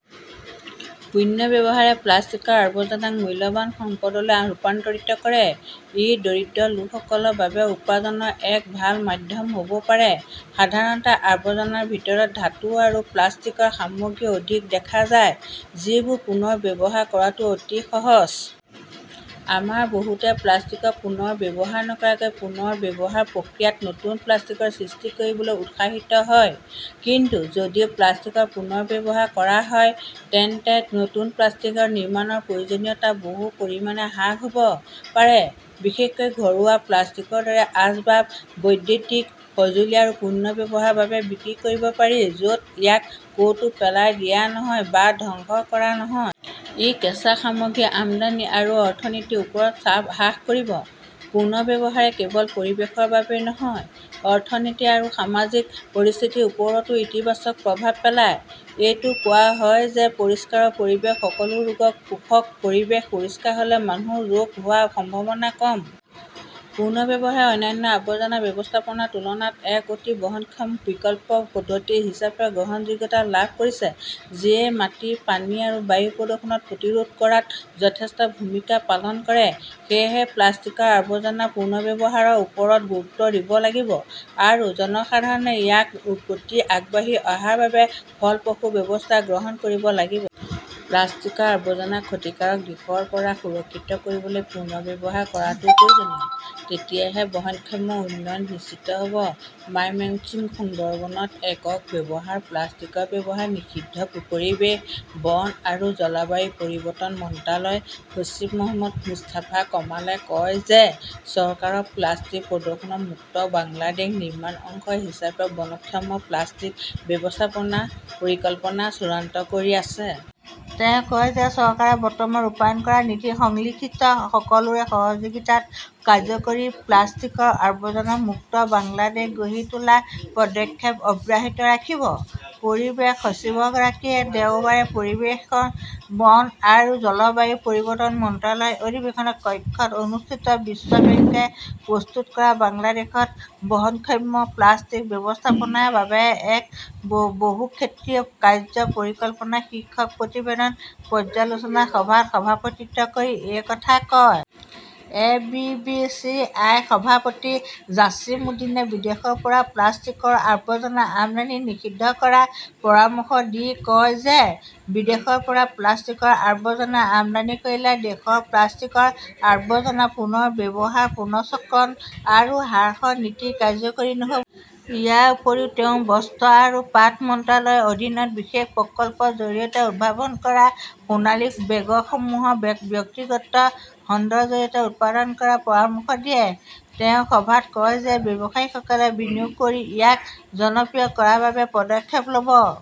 পুনৰ্ব্যৱহাৰে প্লাষ্টিকৰ আৱৰ্জনাক মূল্যৱান সম্পদলৈ ৰূপান্তৰিত কৰে। ই দৰিদ্ৰ লোকসকলৰ বাবে উপাৰ্জনৰ এক ভাল মাধ্যম হ'ব পাৰে। সাধাৰণতে আৱৰ্জনাৰ ভিতৰত ধাতু আৰু প্লাষ্টিকৰ সামগ্ৰী অধিক দেখা যায়, যিবোৰ পুনৰ ব্যৱহাৰ কৰাটো অতি সহজ। আমাৰ বহুতে প্লাষ্টিক পুনৰ ব্যৱহাৰ নকৰাকৈ পুনৰ ব্যৱহাৰ প্ৰক্ৰিয়াত নতুন প্লাষ্টিক সৃষ্টি কৰিবলৈ উৎসাহিত হয়। কিন্তু যদি প্লাষ্টিক পুনৰ ব্যৱহাৰ কৰা হয়, তেন্তে নতুন প্লাষ্টিক নিৰ্মাণৰ প্ৰয়োজনীয়তা বহু পৰিমাণে হ্ৰাস হ 'ব পাৰে। বিশেষকৈ ঘৰুৱা প্লাষ্টিকৰ দৰে আচবাব, বৈদ্যুতিক সঁজুলি পুনৰ্ব্যৱহাৰৰ বাবে বিক্ৰী কৰিব পাৰি য 'ত ইয়াক ক'তো পেলাই দিয়া নহয় বা ধ্বংস কৰা নহয়। ই কেঁচা সামগ্ৰীৰ আমদানি আৰু অৰ্থনীতিৰ ওপৰত চাপ হ্ৰাস কৰিব। পুনৰ্ব্যৱহাৰে কেৱল পৰিৱেশৰ বাবেই নহয়, অৰ্থনীতি আৰু সামাজিক পৰিস্থিতিৰ ওপৰতো ইতিবাচক প্ৰভাৱ পেলায়। এইটো কোৱা হয় যে, পৰিষ্কাৰ পৰিৱেশ সকলো ৰোগৰ পোষক। পৰিৱেশ পৰিষ্কাৰ হ'লে মানুহৰ ৰোগ হোৱাৰ সম্ভাৱনা কম। পুনৰ্ব্যৱহাৰে অন্যান্য আৱৰ্জনা ব্যৱস্থাপনাৰ তুলনাত এক অতি বহনক্ষম বিকল্প পদ্ধতি হিচাপে গ্ৰহণযোগ্যতা লাভ কৰিছে যিয়ে মাটি, পানী আৰু বায়ু প্ৰদূষণ প্ৰতিৰোধ কৰাত যথেষ্ট ভূমিকা পালন কৰে। সেয়েহে প্লাষ্টিকৰ আৱৰ্জনা পুনৰ্ব্যৱহাৰৰ ওপৰত গুৰুত্ব দিব লাগিব আৰু জনসাধাৰণে ইয়াৰ প্ৰতি আগবাঢ়ি অহাৰ বাবে ফলপ্ৰসূ ব্যৱস্থা গ্ৰহণ কৰিব লাগিব। প্লাষ্টিকৰ আৱৰ্জনাৰ ক্ষতিকাৰক দিশৰ পৰা সুৰক্ষিত কৰিবলৈ পুনৰ্ব্যৱহাৰ কৰাটো প্ৰয়োজনীয়। তেতিয়াহে বহনক্ষম উন্নয়ন নিশ্চিত হ'ব। মাইমেন্সিং সুন্দৰবনত একক ব্যৱহাৰৰ প্লাষ্টিকৰ ব্যৱহাৰ নিষিদ্ধ পৰিৱেশ, বন আৰু জলবায়ু পৰিৱৰ্তন মন্ত্ৰালয়ৰ সচিব মহম্মদ মুস্তাফা কামালে কয় যে, চৰকাৰে প্লাষ্টিক প্ৰদূষণ মুক্ত বাংলাদেশ নিৰ্মাণৰ অংশ হিচাপে বহনক্ষম প্লাষ্টিক ব্যৱস্থাপনা পৰিকল্পনা চূড়ান্ত কৰি আছে। তেওঁ কয় যে চৰকাৰে বৰ্তমান ৰূপায়ণ কৰাৰ নীতি সংশ্লিষ্ট সকলোৰে সহযোগিতাত কাৰ্যকৰী কৰি প্লাষ্টিকৰ আৱৰ্জনা মুক্ত বাংলাদেশ গঢ়ি তোলাৰ পদক্ষেপ অব্যাহত ৰাখিব। পৰিৱেশ সচিবগৰাকীয়ে দেওবাৰে পৰিৱেশ, বন আৰু জলবায়ু পৰিৱৰ্তন মন্ত্ৰালয়ৰ অধিৱেশন কক্ষত অনুষ্ঠিত বিশ্ব বেংকে প্ৰস্তুত কৰা বাংলাদেশত বহনক্ষম প্লাষ্টিক ব্যৱস্থাপনাৰ বাবে এক বহুক্ষেত্ৰীয় কাৰ্য্য পৰিকল্পনা শীৰ্ষক প্ৰতিবেদন পৰ্যালোচনা সভাত সভাপতিত্ব কৰি এই কথা কয়। F. B. C. C. I. ৰ সভাপতি জাছিম উদ্দীনে বিদেশৰ পৰা প্লাষ্টিকৰ আৱৰ্জনা আমদানি নিষিদ্ধ কৰাৰ পৰামৰ্শ দি কয় যে, বিদেশৰ পৰা প্লাষ্টিকৰ আৱৰ্জনা আমদানি কৰিলে দেশৰ প্লাষ্টিকৰ আৱৰ্জনা পুনৰ ব্যৱহাৰ, পুনৰচক্ৰণ আৰু হ্ৰাসৰ নীতি কাৰ্যকৰী নহ'ব। ইয়াৰ উপৰিও তেওঁ বস্ত্ৰ আৰু পাট মন্ত্ৰালয়ৰ অধীনত বিশেষ প্ৰকল্পৰ জৰিয়তে উদ্ভাৱন কৰা সোণালী বেগসমূহ ব্যক্তিগত খণ্ডৰ জৰিয়তে উৎপাদন কৰাৰ পৰামৰ্শ দিয়ে। তেওঁ সভাত কয় যে, ব্যৱসায়ীসকলে বিনিয়োগ কৰি ইয়াক জনপ্ৰিয় কৰাৰ বাবে পদক্ষেপ ল'ব।